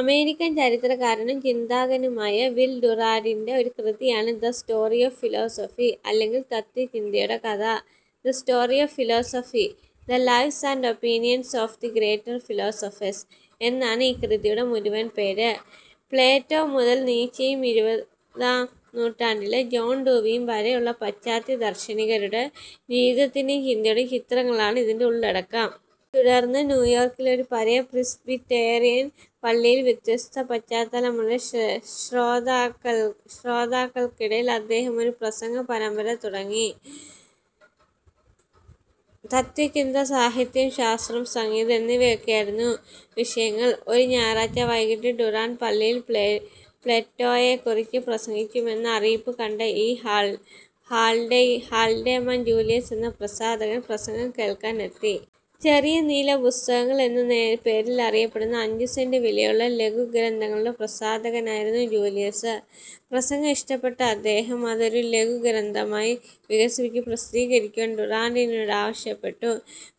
American ചരിത്രകാരനും ചിന്താകനുമായ Will ഡുറാന്റിന്റെ ഒരു കൃതിയാണ് ദ സ്റ്റോറി ഓഫ് ഫിലോസഫി അല്ലെങ്കിൽ തത്ത്വചിന്തയുടെ കഥ. "The story of philosophy, the lives and opinions of the greater philosophers" എന്നാണ് ഈ കൃതിയുടെ മുഴുവൻ പേര്. പ്ലേറ്റോ മുതൽ നീച്ചയും ഇരുപതാം നൂറ്റാണ്ടിലെ ജോൺ ഡൂവിയും വരേയുള്ള പശ്ചാത്യ ദർശിനികരുടെ ജീവിതത്തിന്റേയും ചിന്തയുടേയും ചിത്രങ്ങളാണ് ഇതിന്റെ ഉള്ളടക്കം. തുടർന്ന്, ന്യൂയോർക്കിലെ ഒരു പഴയ പ്രിസ്ബിറ്റേറിയൻ പള്ളിയിൽ വ്യത്യസ്തപശ്ചാത്തലമുള്ള ശ്രോതക്കൾക്കിടയിൽ അദ്ദേഹം ഒരു പ്രസംഗപരമ്പര തുടങ്ങി. തത്ത്വചിന്ത, സാഹിത്യം, ശാസ്ത്രം, സംഗീതം എന്നിവയൊക്കെയായിരുന്നു വിഷയങ്ങൾ. ഒരു ഞായറാഴ്ച വൈകിട്ട് ഡുറാന്റ് പള്ളിയിൽ പ്ലേറ്റോയേക്കുറിച്ച് പ്രസംഗിക്കുമെന്ന അറിയിപ്പുകണ്ട ഇ ഹാൽഡെമാൻ ജൂലിയസ് എന്ന പ്രസാധകൻ പ്രസംഗം കേൾക്കാനെത്തി. ചെറിയ നീലപ്പുസ്തകങ്ങൾ എന്ന പേരിലറിയപ്പെട്ടിരുന്ന അഞ്ചു സെന്റ് വിലയുള്ള ലഘുഗ്രന്ഥങ്ങളുടെ പ്രസാധകനായിരുന്നു ജൂലിയസ്. പ്രസംഗം ഇഷ്ടപ്പെട്ട അദ്ദേഹം അത് ഒരു ലഘുഗ്രന്ഥമായി വികസിപ്പിച്ച് പ്രസിദ്ധീകരിക്കുവാൻ ഡുറാന്റിനോടാവശ്യപ്പെട്ടു.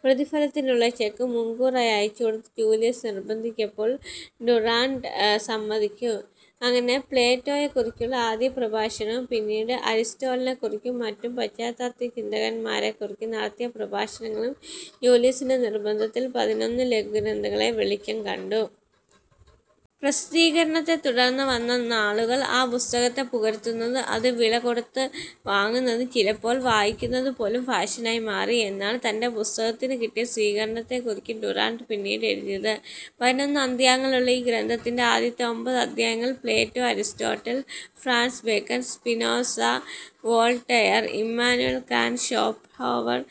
പ്രതിഫലത്തിനുള്ള ചെക്ക് മുൻകൂറായി അയച്ചുകൊടുത്ത് ജൂലിയസ് നിർബ്ബന്ധിച്ചപ്പോൾ ഡുറാന്റ് സമ്മതിച്ചു. അങ്ങനെ പ്ലേറ്റോയേക്കുറിച്ചുള്ള ആദ്യപ്രഭാഷണവും പിന്നീട് അരിസ്റ്റോട്ടിലിനെക്കുറിച്ചും മറ്റു പാശ്ചാത്യതത്ത്വചിന്തകന്മാരെക്കുറിച്ചും നടത്തിയ പ്രഭാഷണങ്ങളും ജൂലിയസിന്റെ നിർബ്ബന്ധത്തിൽ പതിനൊന്നു ലഘുഗ്രന്ഥങ്ങളായി വെളിച്ചം കണ്ടു. പ്രസിദ്ധീകരണത്തെ തുടർന്നു വന്ന നാളുകളിൽ ആ പുസ്തകത്തെ പുകഴ്ത്തുന്നതും, അത് വിലകൊടുത്തു വാങ്ങുന്നതും, ചിലപ്പോൾ വായിക്കുന്നതുപോലും ഫാഷനായി മാറി എന്നാണ് തന്റെ പുസ്തകത്തിനുകിട്ടിയ സ്വീകരണത്തെക്കുറിച്ച് ഡുറാന്റ് പിന്നീട് എഴുതിയത്. പതിനൊന്ന് അദ്ധ്യായങ്ങളുള്ള ഈ ഗ്രന്ഥത്തിന്റെ ആദ്യത്തെ ഒൻപത് അദ്ധ്യായങ്ങൾ Plato, Aristotle, Francis Bacon, Spinoza, Voltaire, Immanuel Kant, Schopenhauer,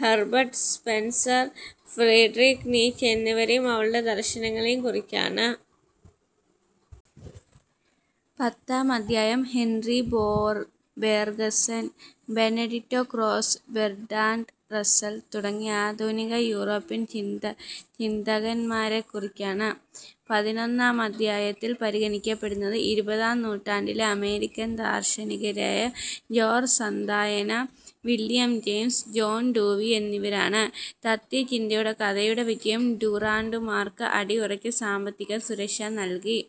Herbert Spencer, Friedrich Nietzsche എന്നിവരേയും അവരുടെ ദർശനങ്ങളേയും കുറിച്ചാണ്. പത്താം അദ്ധ്യായം Henri Bergson, Benedetto Croce Bertrand Russell തുടങ്ങിയ ആധുനിക യൂറോപ്യൻ ചിന്തകന്മാരെക്കുറിച്ചാണ്. പതിനൊന്നാം അദ്ധ്യായത്തിൽ പരിഗണിക്കപ്പെടുന്നത് ഇരുപതാം നൂറ്റാണ്ടിലെ അമേരിക്കൻ ദാർശനികരായ George Santayana, William James, John Dewey എന്നിവരാണ്. തത്ത്വചിന്തയുടെ കഥയുടെ വിജയം ഡുറാന്റുമാർക്ക് അടിയുറച്ച സാമ്പത്തിക സുരക്ഷ നൽകി.